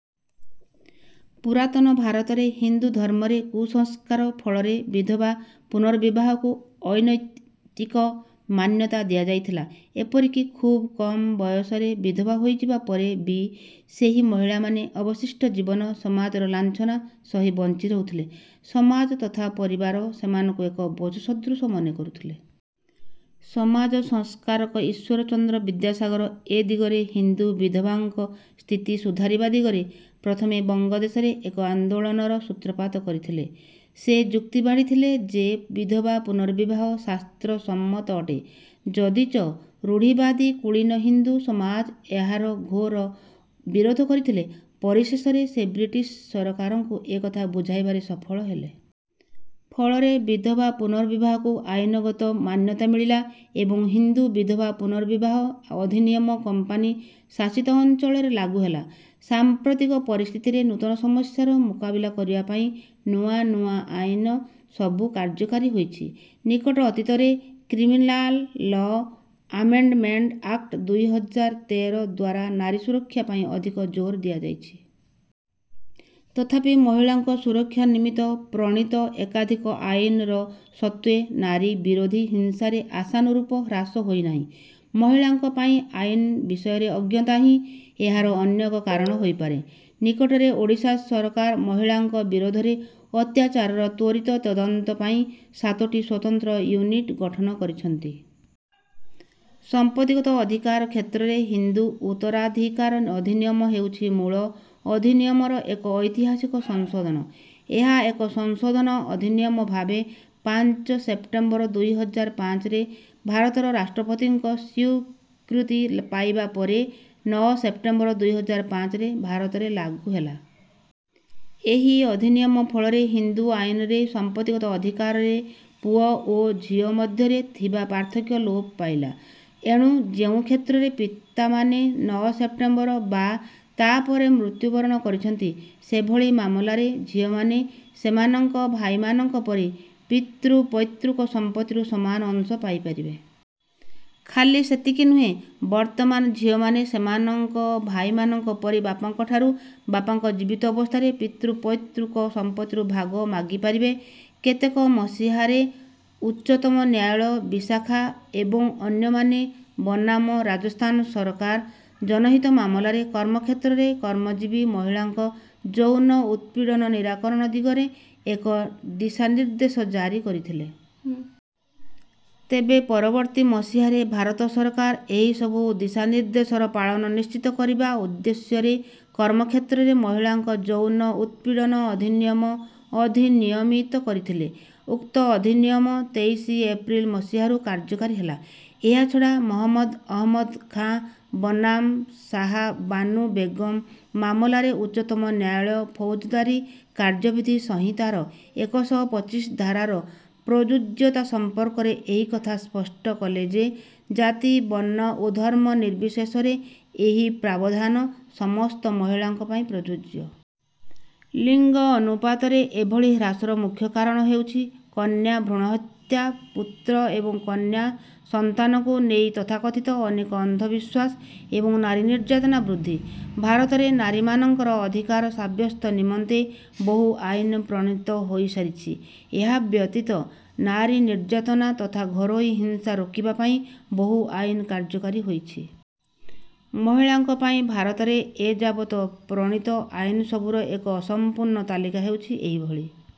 ପୁରାତନ ଭାରତରେ ହିନ୍ଦୁ ଧର୍ମରେ କୁସଂସ୍କାର ଫଳରେ ବିଧବା ପୁନର୍ବିବାହକୁ ଅନୈତିକ ମାନ୍ୟତା ଦିଆଯାଇଥିଲା। ଏପରିକି ଖୁବ କମ ବୟସରେ ବିଧବା ହୋଇଯିବା ପରେ ବି ସେହି ମହିଳାମାନେ ଅବଶିଷ୍ଟ ଜୀବନ ସମାଜର ଲାଞ୍ଛନା ସହି ବଞ୍ଚି ରହୁଥିଲେ। ସମାଜ ତଥା ପରିବାର ସେମାନଙ୍କୁ ଏକ ବୋଝ ସଦୃଶ ମନେ କରୁଥିଲେ। ସମାଜ ସଂସ୍କାରକ ଈଶ୍ୱରଚନ୍ଦ୍ର ବିଦ୍ୟାସାଗର ଏ ଦିଗରେ ହିନ୍ଦୁ ବିଧବାଙ୍କ ସ୍ଥିତି ସୁଧାରିବା ଦିଗରେ ପ୍ରଥମେ ବଙ୍ଗ ଦେଶରେ ଏକ ଆନ୍ଦୋଳନର ସୂତ୍ରପାତ କରିଥିଲେ। ସେ ଯୁକ୍ତି ବାଢ଼ିଥିଲେ ଯେ ବିଧବା ପୁନର୍ବିବାହ ଶାସ୍ତ୍ରସମ୍ମତ ଅଟେ। ଯଦିଚ ରୂଢ଼ିବାଦୀ କୁଳୀନ ହିନ୍ଦୁ ସମାଜ ଏହାର ଘୋର ବିରୋଧ କରିଥିଲେ ପରିଶେଷରେ ସେ ବ୍ରିଟିଶ ସରକାରଙ୍କୁ ଏ କଥା ବୁଝାଇବାରେ ସଫଳ ହେଲେ। ଫଳରେ ବିଧବା ପୁନର୍ବିବାହକୁ ଆଇନଗତ ମାନ୍ୟତା ମିଳିଲା ଏବଂ ହିନ୍ଦୁ ବିଧବା ପୁନର୍ବିବାହ ଅଧିନିୟମ କମ୍ପାନୀ ଶାସିତ ଅଞ୍ଚଳରେ ଲାଗୁ ହେଲା। ସାମ୍ପ୍ରତିକ ପରିସ୍ଥିତିରେ ନୂତନ ସମସ୍ୟାର ମୁକାବିଲା କରିବା ପାଇଁ ନୂଆ ନୂଆ ଆଇନ ସବୁ କାର୍ଯ୍ୟକାରୀ ହୋଇଛି। ନିକଟ ଅତୀତରେ କ୍ରିମିନାଲ ଲ ଆମେଣ୍ଡମେଣ୍ଟ ଆକ୍ଟ ଦୁଇ ହଜାର ତେର ଦ୍ୱାରା ନାରୀ ସୁରକ୍ଷା ପାଇଁ ଅଧିକ ଜୋର ଦିଆଯାଇଛି। ତଥାପି ମହିଳାଙ୍କ ସୁରକ୍ଷା ନିମିତ୍ତ ପ୍ରଣୀତ ଏକାଧିକ ଆଇନର ସତ୍ତ୍ୱେ ନାରୀ ବିରୋଧୀ ହିଂସାରେ ଆଶାନୁରୂପ ହ୍ରାସ ହୋଇନାହିଁ। ମହିଳାଙ୍କ ପାଇଁ ଆଇନ ବିଷୟରେ ଅଜ୍ଞତା ହିଁ ଏହାର ଅନ୍ୟ ଏକ କାରଣ ହୋଇପାରେ। ନିକଟରେ ଓଡ଼ିଶା ସରକାର ମହିଳାଙ୍କ ବିରୋଧରେ ଅତ୍ୟାଚାରର ତ୍ୱରିତ ତଦନ୍ତ ପାଇଁ ସାତୋଟି ସ୍ୱତନ୍ତ୍ର ୟୁନିଟ ଗଠନ କରିଛନ୍ତି। ସମ୍ପତ୍ତିଗତ ଅଧିକାର କ୍ଷେତ୍ରରେ ହିନ୍ଦୁ ଉତ୍ତରାଧିକାର ଅଧିନିୟମ ହେଉଛି ମୂଳ ଅଧିନିୟମର ଏକ ଐତିହାସିକ ସଂଶୋଧନ। ଏହା ଏକ ସଂଶୋଧନ ଅଧିନିୟମ ଭାବେ ପାଞ୍ଚ ସେପ୍ଟେମ୍ବର ଦୁଇ ହଜାର ପାଞ୍ଚରେ ଭାରତର ରାଷ୍ଟ୍ରପତିଙ୍କ ସ୍ୱୀକୃତି ପାଇବା ପରେ ନଅ ସେପ୍ଟେମ୍ବର ଦୁଇ ହଜାର ପାଞ୍ଚରେ ଭାରତରେ ଲାଗୁ ହେଲା। ଏହି ଅଧିନିୟମ ଫଳରେ ହିନ୍ଦୁ ଆଇନରେ ସମ୍ପତ୍ତିଗତ ଅଧିକାରରେ ପୁଅ ଏବଂ ଝିଅ ମଧ୍ୟରେ ଥିବା ପାର୍ଥକ୍ୟ ଲୋପ ପାଇଲା। ଏଣୁ ଯେଉଁ କ୍ଷେତ୍ରରେ ପିତାମାନେ ନଅ ସେପ୍ଟେମ୍ବର ବା ତା ପରେ ମୃତ୍ୟୁବରଣ କରୁଛନ୍ତି ସେଭଳି ମାମଲାରେ ଝିଅମାନେ ସେମାନଙ୍କର ଭାଇମାନଙ୍କ ପରି ପିତୃପୈତୃକ ସମ୍ପତ୍ତିରୁ ସମାନ ଅଂଶ ପାଇପାରିବେ। ଖାଲି ସେତିକି ନୁହେଁ ବର୍ତ୍ତମାନ ଝିଅମାନେ ସେମାନଙ୍କ ଭାଇମାନଙ୍କ ପରି ବାପାଙ୍କ ଠାରୁ ବାପାଙ୍କ ଜୀବିତ ଅବସ୍ଥାରେ ପିତୃପୈତୃକ ସମ୍ପତ୍ତିରୁ ଭାଗ ମାଗି ପାରିବେ। କେତେକ ମସିହାରେ ଉଚ୍ଚତମ ନ୍ୟାୟାଳୟ ବିଶାଖା ଏବଂ ଅନ୍ୟମାନେ ବନାମ ରାଜସ୍ଥାନ ସରକାର ଜନହିତ ମାମଲାରେ କର୍ମକ୍ଷେତ୍ରରେ କର୍ମଜୀବୀ ମହିଳାଙ୍କ ଯୌନ ଉତ୍ପୀଡ଼ନ ନିରାକରଣ ଦିଗରେ ଏକ ଦିଶାନିର୍ଦ୍ଦେଶ ଜାରି କରିଥିଲେ। ତେବେ ପରବର୍ତ୍ତୀ ମସିହାରେ ଭାରତ ସରକାର ଏହି ସବୁ ଦିଶାନିର୍ଦ୍ଦେଶର ପାଳନ ନିଶ୍ଚିତ କରିବା ଉଦ୍ଦେଶ୍ୟରେ କର୍ମକ୍ଷେତ୍ରରେ ମହିଳାଙ୍କ ଯୌନ ଉତ୍ପୀଡ଼ନ ଅଧିନିୟମ ଅଧିନିୟମିତ କରିଥିଲେ। ଉକ୍ତ ଅଧିନିୟମ ତେଇଶି ଏପ୍ରିଲ ମସିହାରୁ କାର୍ଯ୍ୟକାରୀ ହେଲା। ଏହାଛଡ଼ା ମହମ୍ମଦ ଅହମଦ ଖାଁ ବନାମ ଶାହା ବାନୁ ବେଗମ ମାମଲାରେ ଉଚ୍ଚତମ ନ୍ୟାୟାଳୟ ଫୌଜଦାରୀ କାର୍ଯ୍ୟବିଧି ସଂହିତାର ଏକ ଶହ ପଚିଶ ଧାରାର ପ୍ରଯୁଜ୍ୟତା ସମ୍ପର୍କରେ ଏହି କଥା ସ୍ପଷ୍ଟ କଲେ ଯେ ଜାତି ବର୍ଣ୍ଣ ଓ ଧର୍ମ ନିର୍ବିଶେଷରେ ଏହି ପ୍ରାବଧାନ ସମସ୍ତ ମହିଳାଙ୍କ ପାଇଁ ପ୍ରଯୁଜ୍ୟ। ଲିଙ୍ଗ ଅନୁପାତରେ ଏଭଳି ହ୍ରାସର ମୁଖ୍ୟ କାରଣ ହେଉଛି କନ୍ୟା ଭ୍ରୂଣହତ୍ୟା ପୁତ୍ର ଏବଂ କନ୍ୟା ସନ୍ତାନକୁ ନେଇ ତଥାକଥିତ ଅନେକ ଅନ୍ଧବିଶ୍ୱାସ ଏବଂ ନାରୀ ନିର୍ଯ୍ୟାତନା ବୃଦ୍ଧି। ଭାରତରେ ନାରୀମାନଙ୍କର ଅଧିକାର ସାବ୍ୟସ୍ତ ନିମନ୍ତେ ବହୁ ଆଇନ ପ୍ରଣୀତ ହୋଇସାରିଛି। ଏହାବ୍ୟତୀତ ନାରୀ ନିର୍ଯ୍ୟାତନା ତଥା ଘରୋଇ ହିଂସା ରୋକିବା ପାଇଁ ବହୁ ଆଇନ କାର୍ଯ୍ୟକାରୀ ହୋଇଛି। ମହିଳାଙ୍କ ପାଇଁ ଭାରତରେ ଏ ଯାବତ ପ୍ରଣୀତ ଆଇନ ସବୁର ଏକ ଅସମ୍ପୂର୍ଣ୍ଣ ତାଲିକା ହେଉଛି ଏହିଭଳି।